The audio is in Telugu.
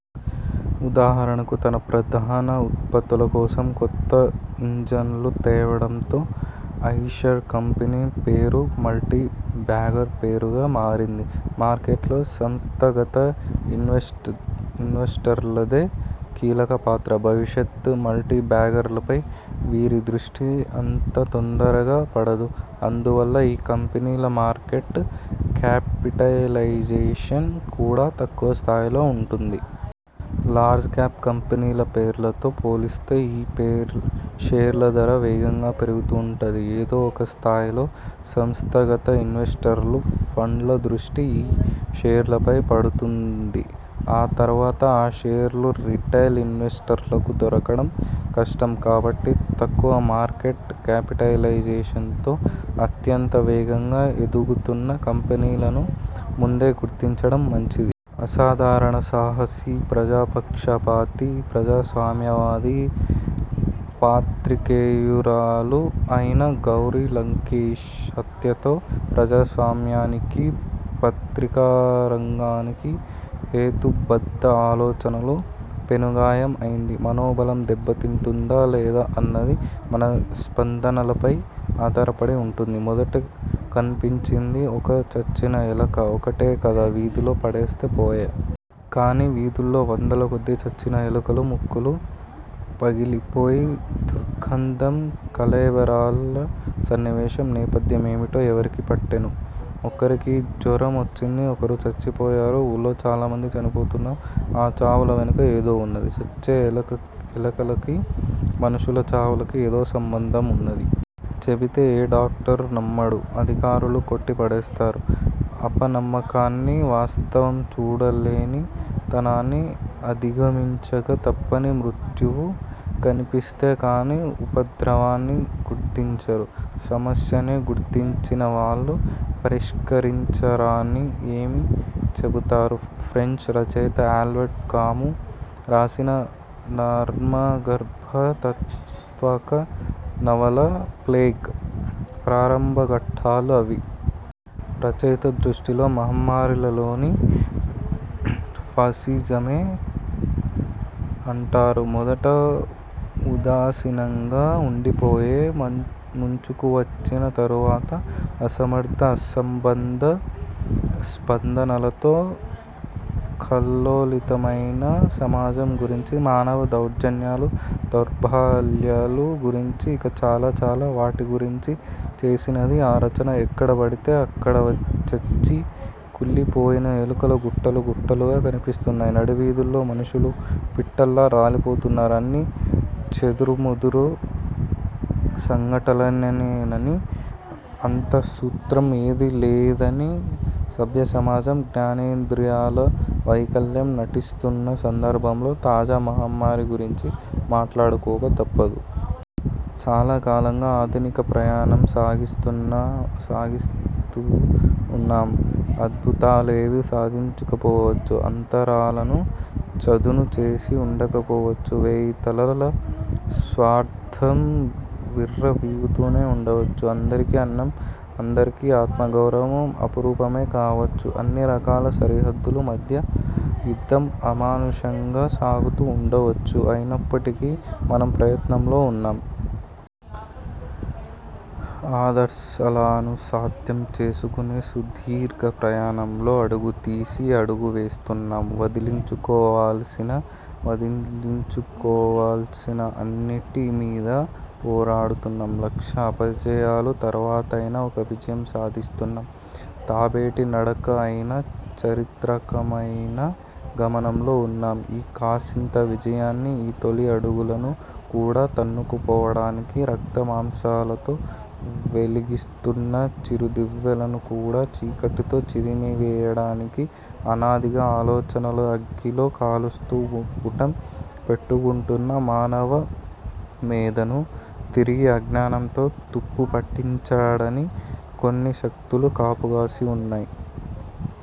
ఉదాహరణకు తన ప్రధాన ఉత్పత్తుల కోసం కొత్త ఇంజన్లుతేవడంతో Eicher company share multibagger షేరుగా మారింది. మార్కెట్లో సంస్థాగత ఇన్వెస్టర్లదే కీలక పాత్ర. భవిష్యత మల్టీబ్యాగర్లపై వీరి దృష్టి అంతతొందరగా పడదు. అందువల్ల ఈ కంపెనీల మార్కెట్ క్యాపిటలైజేషన్ కూడా తక్కువ స్థాయిలో ఉంటుంది. లార్జ్ క్యాప్ కంపెనీల షేర్లతో పోలిస్తే ఈ షేర్ల ధర వేగంగా పెరుగుతుంటుంది. ఏదో ఒక స్థాయిలో సంస్థాగత ఇన్వెస్టర్లు, ఫండ్ల దృష్టి ఈ షేర్లపై పడుతుంది. ఆ తర్వాత ఆ షేర్లు రిటైల్ ఇన్వెస్టర్లకు దొరకడం కష్టం. కాబట్టి తక్కువ మార్కెట్ క్యాపిటలైజేషన్తో అత్యంత వేగంగా ఎదుగుతున్న కంపెనీలను ముందే గుర్తించడం మంచిది. అసాధారణ సాహసి, ప్రజాపక్షపాతి, ప్రజాస్వామ్యవాది, పాత్రికేయురాలు అయిన గౌరీ లంకేశ్ హత్యతో ప్రజాస్వామ్యానికి, పత్రికారంగానికి, హేతుబద్ధ ఆలోచనలకు పెనుగాయం అయింది. మనోబలం దెబ్బతింటుందా లేదా అన్నది మన స్పందనలపై ఆధారపడి ఉంటుంది. ''మొదట కనిపించింది ఒక చచ్చిన ఎలక. ఒకటే కదా, వీధిలో పడేస్తే పోయె. కానీ, వీధుల్లో వందల కొద్దీ చచ్చిన ఎలుకలు. ముక్కులు పగిలిపోయే దుర్గంధం. కళేబరాల సన్నివేశం నేపథ్యం ఏమిటో ఎవరికి పట్టేను? ఒకరికి జొరం వచ్చింది. ఒకరు చచ్చిపోయారు. ఊళ్లో చాలా మంది చనిపోతున్నారు. ఆ చావుల వెనుక ఏదో ఉన్నది. చచ్చే ఎలకలకీ మనుషుల చావులకీ ఏదో సంబంధం ఉన్నది. చెబితే ఏ డాక్టరూ నమ్మడు, అధికారులు కొట్టి పడేస్తారు. అపనమ్మకాన్ని, వాస్తవం చూడలేని తనాన్ని అధిగమించక తప్పని మృత్యువు కనిపిస్తే కానీ, ఉపద్రవాన్ని గుర్తించరు. సమస్యనే గుర్తించనివాళ్లు పరిష్కారాన్ని ఏమి చెబుతారు? '' ఫ్రెంచి రచయిత అల్బర్ట్ కామూ రాసిన నర్మగర్భ, తాత్విక నవల 'ప్లేగ్' ప్రారంభఘట్టాలు అవి. రచయిత దృష్టిలో మహమ్మారి లలోని ఫాసిజమే అంటారు. మొదట ఉదాసీనంగా ఉండిపోయి, ముంచుకువచ్చిన తరువాత అసమర్థ అసంబద్ధ స్పందనలతో కల్లోలితమైన సమాజం గురించి, మానవ దౌర్జన్యాలు దౌర్బల్యాల గురించి, ఇంకా చాలా చాలా వాటి గురించి చేసినది ఆ రచన. ఎక్కడ బడితే అక్కడ చచ్చి కుళ్లిపోయిన ఎలుకలు గుట్టలు గుట్టలుగా కనిపిస్తున్నా, నడివీధుల్లో మనుషులు పిట్టల్లా రాలిపోతున్నా అన్నీ చెదురుమదురు సంఘటనలేనని, అంతస్సూత్రం ఏదీ లేదని 'సభ్య సమాజం' జ్ఞానేంద్రియాల వైకల్యం నటిస్తున్న సందర్భంలో, తాజా మహమ్మారి గురించి మాట్లాడుకోక తప్పదు. చాలా కాలంగా ఆధునిక ప్రయాణం సాగిస్తూ ఉన్నాం. అద్భుతాలేవీ సాధించకపోవచ్చు. అంతరాలను చదును చేసి ఉండకపోవచ్చు. వేయితలల స్వార్థం విర్రవీగుతూనే ఉండవచ్చు. అందరికీ అన్నం, అందరికీ ఆత్మగౌరవం అపురూపమే కావచ్చు. అన్ని రకాల సరిహద్దుల మధ్య యుద్ధం అమానుషంగా సాగుతూ ఉండవచ్చు. అయినప్పటికీ, మనం ప్రయాణంలో ఉన్నాం. ఆదర్శాలను సాధ్యం చేసుకునే సుదీర్ఘ ప్రయాణంలో అడుగుతీసి అడుగు వేస్తున్నాం. విదిలించుకోవలసిన, వదిలించుకోవలసిన అన్నిటి మీదా పోరాడుతున్నాం. లక్ష అపజయాల తరువాతైనా ఒక విజయం సాధిస్తున్నాం. తాబేటి నడకే అయినా, చారిత్రకమయిన గమనంలో ఉన్నాం ఈ కాసింత విజయాన్ని, ఈ తొలి అడుగులను కూడా తన్నుకుపోవడానికి, రక్తమాంసాలతో వెలిగిస్తున్న చిరుదివ్వెలను కూడా చీకటితో చిదిమివేయడానికి, అనాదిగా ఆలోచనల అగ్గిలో కాలుస్తూ పుటం పెట్టుకుంటున్న మానవమేధను తిరిగి అజ్ఞానంతో తుప్పుపట్టించడానికి కొన్ని శక్తులు కాపుగాసి ఉన్నాయి.